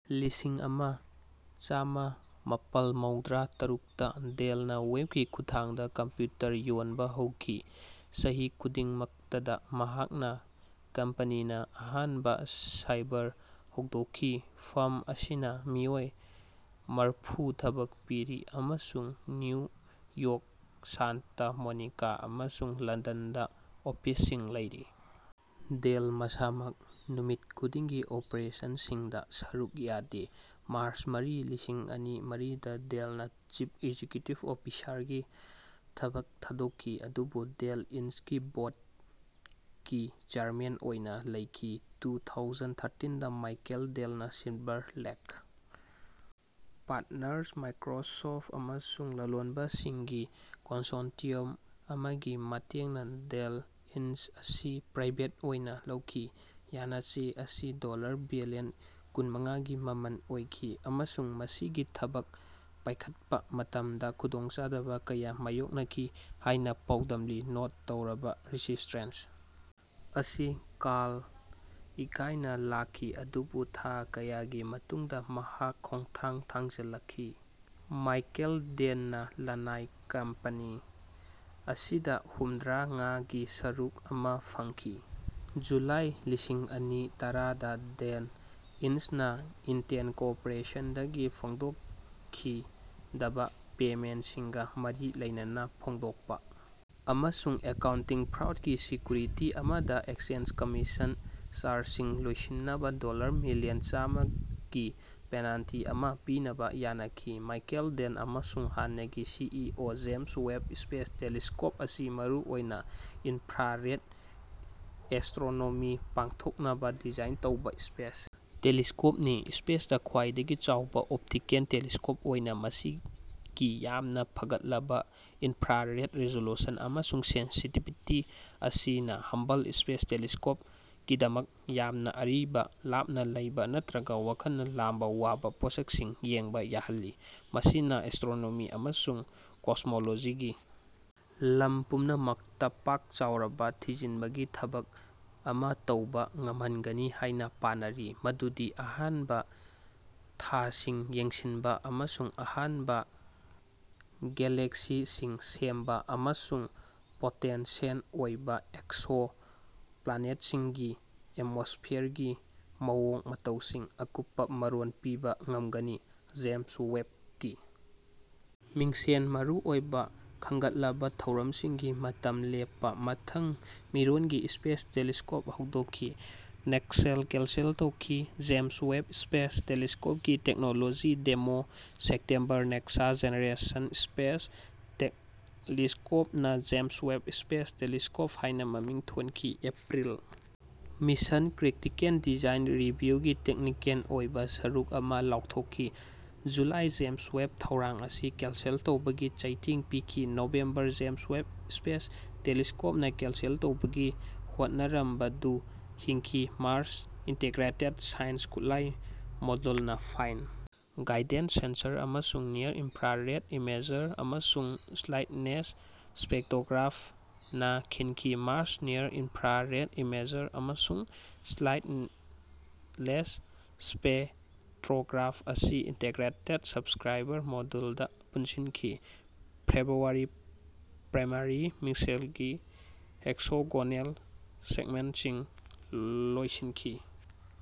ꯂꯤꯁꯤꯡ ꯑꯃ ꯆꯃꯥ ꯃꯄꯟ ꯃꯧꯗ꯭ꯔꯥ ꯇꯔꯨꯛꯇ ꯗꯦꯜꯅꯥ ꯋꯦꯕꯀꯤ ꯈꯨꯠꯊꯥꯡꯗꯥ ꯀꯝꯄ꯭ꯌꯨꯇꯔ ꯌꯣꯟꯕꯥ ꯍꯧꯈꯤ꯫ ꯆꯍꯤ ꯈꯨꯗꯨꯤꯡꯃꯛꯇꯗꯥ ꯃꯍꯥꯛꯅꯥ ꯀꯝꯄꯦꯅꯤꯅꯥ ꯑꯍꯥꯟꯕꯥ ꯁꯥꯏꯚꯔ ꯍꯧꯗꯣꯛꯈꯤ꯫ ꯐꯥꯔꯝ ꯑꯁꯤꯅꯥ ꯃꯤꯑꯣꯏ ꯃꯔꯐꯨ ꯊꯕꯛ ꯄꯤꯔꯤ ꯑꯃꯁꯨꯡ ꯅ꯭ꯌꯨ ꯌꯣꯔꯛ ꯁꯥꯟꯇꯥ ꯃꯣꯅꯤꯀꯥ ꯑꯃꯁꯨꯡ ꯂꯟꯗꯟꯗꯥ ꯑꯣꯐꯤꯁꯁꯤꯡ ꯂꯩꯔꯤ꯫ ꯗꯦꯜ ꯃꯁꯥꯃꯛ ꯅꯨꯃꯤꯠ ꯈꯨꯗꯤꯡꯒꯤ ꯑꯣꯄꯔꯦꯁꯟꯁꯤꯡꯗꯥ ꯁꯔꯨꯛ ꯌꯥꯗꯦ꯫ ꯃꯥꯔꯆ ꯃꯔꯤ ꯂꯤꯁꯤꯡ ꯑꯅꯤ ꯃꯔꯤꯗꯥ ꯗꯦꯜꯅꯥ ꯆꯤꯐ ꯑꯦꯛꯖꯤꯀ꯭ꯌꯨꯇꯤꯚ ꯑꯣꯐꯤꯁꯥꯔ ꯒꯤ ꯊꯕꯛ ꯊꯥꯗꯣꯛꯈꯤ ꯑꯗꯨꯕꯨ ꯗꯦꯜ ꯏꯅ꯭ꯁꯀꯤ ꯕꯣꯔꯗꯀꯤ ꯆꯦꯌꯔꯃꯦꯟ ꯑꯣꯏꯅꯥ ꯂꯩꯈꯤ꯫ ꯇꯨ ꯊꯥꯎꯖꯟ ꯊꯥꯔꯇꯤꯟꯗꯥ ꯃꯥꯏꯀꯦꯜ ꯗꯦꯜꯅꯥ ꯁꯤꯜꯚꯔ ꯂꯦꯛ ꯄꯥꯔꯇꯅꯔꯁ ꯃꯥꯏꯀ꯭ꯔꯣꯁꯣꯐꯠ ꯑꯃꯁꯨꯡ ꯂꯂꯣꯟꯕꯁꯤꯡꯒꯤ ꯀꯟꯁꯣꯔꯇꯤꯌꯨꯝ ꯑꯃꯒꯤ ꯃꯇꯦꯡꯅꯥ ꯗꯦꯜ ꯏꯟꯛ ꯑꯁꯤ ꯄ꯭ꯔꯥꯏꯕꯦꯠ ꯑꯣꯏꯅꯥ ꯂꯧꯈꯤ꯫ ꯌꯥꯅꯆꯦ ꯑꯁꯤ ꯗꯣꯜꯂꯔ ꯕꯤꯂꯤꯌꯟ ꯀꯨꯟꯃꯉꯥꯒꯤ ꯃꯃꯜ ꯑꯣꯏꯈꯤ ꯑꯃꯁꯨꯡ ꯃꯁꯤꯒꯤ ꯊꯥꯕꯛ ꯄꯥꯏꯈꯠꯄꯥ ꯃꯇꯝꯗꯥ ꯈꯨꯗꯣꯡꯆꯥꯗꯕꯥ ꯀꯌꯥ ꯃꯥꯌꯣꯛꯅꯈꯤ ꯍꯥꯏꯅꯥ ꯄꯥꯎꯗꯝꯂꯤ꯫ ꯅꯣꯠ ꯇꯧꯔꯕꯥ ꯔꯦꯖꯤꯁ꯭ꯇꯦꯟꯁ ꯑꯁꯤ ꯀꯥꯔꯜ ꯏꯀꯥꯏꯅꯥ ꯂꯥꯛꯈꯤ ꯑꯗꯨꯕꯨ ꯊꯥ ꯀꯌꯥꯒꯤ ꯃꯇꯨꯡꯗꯥ ꯃꯍꯥꯛ ꯈꯣꯡꯊꯥꯡ ꯊꯥꯡꯖꯤꯜꯂꯛꯈꯤ꯫ ꯃꯥꯏꯀꯦꯜ ꯗꯦꯜꯅꯥ ꯂꯅꯥꯏ ꯀꯝꯄꯦꯅꯤ ꯑꯁꯤꯗꯥ ꯍꯨꯝꯗ꯭ꯔꯥꯉꯥꯒꯤ ꯁꯔꯨꯛ ꯑꯃꯥ ꯐꯪꯈꯤ꯫ ꯖꯨꯂꯥꯏ ꯂꯤꯁꯤꯡ ꯑꯅꯤ ꯇꯔꯥꯗꯥ ꯗꯦꯜ ꯏꯅ꯭ꯂꯅꯥ ꯏꯟꯇꯦꯜ ꯀꯣꯔꯄꯣꯔꯦꯁꯟꯗꯒꯤ ꯐꯣꯡꯗꯣꯛꯈꯤꯗꯕꯥ ꯄꯦꯃꯦꯟꯠꯁꯤꯡꯒꯥ ꯃꯔꯤ ꯂꯩꯅꯅꯥ ꯐꯣꯡꯗꯣꯛꯄꯥ ꯑꯃꯁꯨꯡ ꯑꯦꯀꯥꯎꯟꯇꯤꯡ ꯐ꯭ꯔꯣꯗꯀꯤ ꯁꯦꯀ꯭ꯌꯨꯔꯤꯇꯤ ꯑꯃꯗꯥ ꯑꯦꯛꯆꯦꯟꯁ ꯀꯃꯤꯁꯟ ꯆꯥꯔꯖꯁꯤꯡ ꯂꯣꯏꯁꯤꯟꯅꯕꯥ ꯗꯣꯜꯂꯔ ꯃꯤꯂꯤꯌꯟ ꯆꯥꯝꯃꯒꯤ ꯄꯦꯅꯥꯜꯇꯤ ꯑꯃꯥ ꯄꯤꯅꯕꯥ ꯌꯥꯅꯈꯤ꯫ ꯃꯥꯏꯀꯦꯜ ꯗꯦꯜ ꯑꯃꯁꯨꯡ ꯍꯥꯟꯅꯒꯤ C E O James Webb space telescope ꯑꯁꯤ ꯃꯔꯨꯑꯣꯏꯅ ꯏꯟꯐ꯭ꯔꯥꯔꯦꯗ ꯑꯦꯁꯇ꯭ꯔꯣꯅꯣꯃꯤ ꯄꯥꯡꯊꯣꯛꯅꯕ ꯗꯤꯖꯥꯏꯟ ꯇꯧꯕ ꯁ꯭ꯄꯦꯁ ꯇꯦꯂꯤꯁꯀꯣꯞꯅꯤ꯫ ꯁ꯭ꯄꯦꯁꯇꯥ ꯈ꯭ꯋꯥꯏꯗꯒꯤ ꯆꯥꯎꯕ ꯑꯣꯞꯇꯤꯀꯦꯜ ꯇꯦꯂꯤꯁꯀꯣꯞ ꯑꯣꯏꯅ ꯃꯁꯤꯒꯤ ꯌꯥꯝꯅ ꯐꯒꯠꯂꯕ ꯏꯟꯐ꯭ꯔꯥꯔꯦꯗ ꯔꯤꯖꯣꯂꯨꯁꯟ ꯑꯃꯁꯨꯡ ꯁꯦꯟꯁꯤꯇꯤꯕꯤꯇꯤ ꯑꯁꯤꯅ ꯍꯕꯜ ꯁ꯭ꯄꯦꯁ ꯇꯦꯂꯤꯁꯀꯣꯞꯀꯤꯗꯃꯛ ꯌꯥꯝꯅ ꯑꯔꯤꯕ ꯂꯥꯞꯅ ꯂꯩꯕ ꯅꯠꯇ꯭ꯔꯒ ꯋꯥꯈꯜꯅ ꯂꯥꯝꯕ ꯋꯥꯕ ꯄꯣꯠꯁꯛꯁꯤꯡ ꯌꯦꯡꯕ ꯌꯥꯍꯜꯂꯤ꯫ ꯃꯁꯤꯅ ꯑꯦꯁꯇ꯭ꯔꯣꯅꯣꯃꯤ ꯑꯃꯁꯨꯡ ꯀꯣꯁꯃꯣꯂꯣꯖꯤꯒꯤ ꯂꯝ ꯄꯨꯝꯅꯃꯛꯇꯥ ꯄꯥꯛ ꯆꯥꯎꯔꯕ ꯊꯤꯖꯤꯟꯕꯒꯤ ꯊꯕꯛ ꯑꯃꯥ ꯇꯧꯕ ꯉꯝꯍꯟꯒꯅꯤ ꯍꯥꯏꯅ ꯄꯥꯅꯔꯤ ꯃꯗꯨꯗꯤ ꯑꯍꯥꯟꯕ ꯊꯥꯁꯤꯡ ꯌꯦꯡꯁꯤꯟꯕ ꯑꯃꯁꯨꯡ ꯑꯍꯥꯟꯕ ꯒꯦꯂꯦꯛꯁꯤꯁꯤꯡ ꯁꯦꯝꯕ ꯑꯃꯁꯨꯡ ꯄꯣꯇꯦꯟꯁꯤꯌꯦꯜ ꯑꯣꯏꯕ ꯑꯦꯛꯁꯣ ꯄ꯭ꯂꯥꯅꯦꯠꯁꯤꯡꯒꯤ ꯑꯦꯠꯃꯣꯁꯐꯤꯌꯔꯒꯤ ꯃꯑꯣꯡ ꯃꯇꯧꯁꯤꯡ ꯑꯀꯨꯞꯄ ꯃꯔꯣꯜ ꯄꯤꯕ ꯉꯝꯒꯅꯤ꯫ ꯖꯦꯝꯁ ꯋꯦꯕꯀꯤ ꯃꯤꯡꯁꯦꯜ ꯃꯔꯨꯑꯣꯏꯕ ꯈꯟꯒꯠꯂꯕ ꯊꯧꯔꯝꯁꯤꯡꯒꯤ ꯃꯇꯝ ꯂꯦꯞꯄ ꯃꯊꯪ ꯃꯤꯔꯣꯜꯒꯤ ꯁ꯭ꯄꯦꯁ ꯇꯦꯂꯤꯁꯀꯣꯞ ꯍꯧꯗꯣꯛꯈꯤ꯫ ꯅꯦꯛꯁꯦꯜ ꯀꯦꯟꯁꯦꯜ ꯇꯧꯈꯤ ꯖꯦꯝꯁ ꯋꯦꯕ ꯁ꯭ꯄꯦꯁ ꯇꯦꯂꯦꯁꯀꯣꯞꯀꯤ technology demo September Next Generation Space ꯇꯦꯛꯂꯦꯁꯀꯣꯞꯅ ꯖꯦꯝꯁ ꯋꯦꯕ ꯁ꯭ꯄꯦꯁ ꯇꯦꯂꯤꯁꯀꯣꯞ ꯍꯥꯏꯅ ꯃꯃꯤꯡ ꯊꯣꯟꯈꯤ꯫ April mission critical design review ꯒꯤ ꯇꯦꯛꯅꯤꯀꯦꯜ ꯑꯣꯏꯕꯥ ꯁꯔꯨꯛ ꯑꯃꯥ ꯂꯥꯟꯊꯣꯛꯈꯤ꯫ ꯖꯨꯂꯥꯏ ꯖꯦꯝꯁ ꯋꯦꯕ ꯊꯧꯔꯥꯡ ꯑꯁꯤ ꯀꯦꯟꯁꯦꯜ ꯇꯧꯕꯒꯤ ꯆꯩꯊꯦꯡ ꯄꯤꯈꯤ꯫ ꯅꯕꯦꯝꯕꯔ ꯖꯦꯝꯁ ꯋꯦꯕ ꯁ꯭ꯄꯦꯁ ꯇꯦꯂꯤꯁꯀꯣꯞꯅꯥ ꯀꯦꯟꯁꯦꯜ ꯇꯧꯕꯒꯤ ꯍꯣꯠꯅꯔꯝꯕꯗꯨ ꯍꯤꯡꯈꯤ꯫ꯃꯥꯔꯆ: ꯏꯟꯇꯤꯒ꯭ꯔꯦꯇꯦꯗ ꯁꯥꯏꯟꯁ ꯈꯨꯠꯂꯥꯏ ꯃꯣꯗ꯭ꯌꯨꯜꯗ ꯐꯥꯏꯟ ꯒꯥꯏꯗꯦꯟꯁ ꯁꯦꯟꯁꯔ ꯑꯃꯁꯨꯡ ꯅꯤꯌꯔ ꯏꯟꯐ꯭ꯔꯥꯔꯦꯗ ꯏꯃꯦꯖꯔ ꯑꯃꯁꯨꯡ ꯁ꯭ꯂꯥꯏꯠꯂꯦꯁ ꯁ꯭ꯄꯦꯛꯇꯣꯒ꯭ꯔꯥꯞꯅꯥ ꯈꯤꯟꯈꯤ꯫ ꯃꯥꯔꯆ ꯅꯤꯌꯔ ꯏꯟꯐ꯭ꯔꯥꯔꯦꯗ ꯏꯃꯦꯖꯔ ꯑꯃꯁꯨꯡ ꯁ꯭ꯂꯥꯏꯠꯂꯦꯁ ꯄꯦꯛ ꯑꯁꯤ ꯏꯟꯇꯤꯒ꯭ꯔꯦꯇꯦꯗ ꯁꯕꯁꯀ꯭ꯔꯥꯏꯕꯔ ꯃꯣꯗꯨꯜ ꯗꯥ ꯄꯨꯟꯁꯤꯟꯈꯤ꯫ ꯐꯦꯕ꯭ꯔꯨꯋꯥꯔꯤ ꯄ꯭ꯔꯥꯏꯃꯥꯔꯤ ꯃꯤꯡꯁꯦꯜꯒꯤ ꯍꯦꯛꯁꯥꯒꯣꯅꯦꯜ ꯁꯦꯒꯃꯦꯟꯠꯁꯤꯡ ꯂꯣꯏꯁꯤꯟꯈꯤ꯫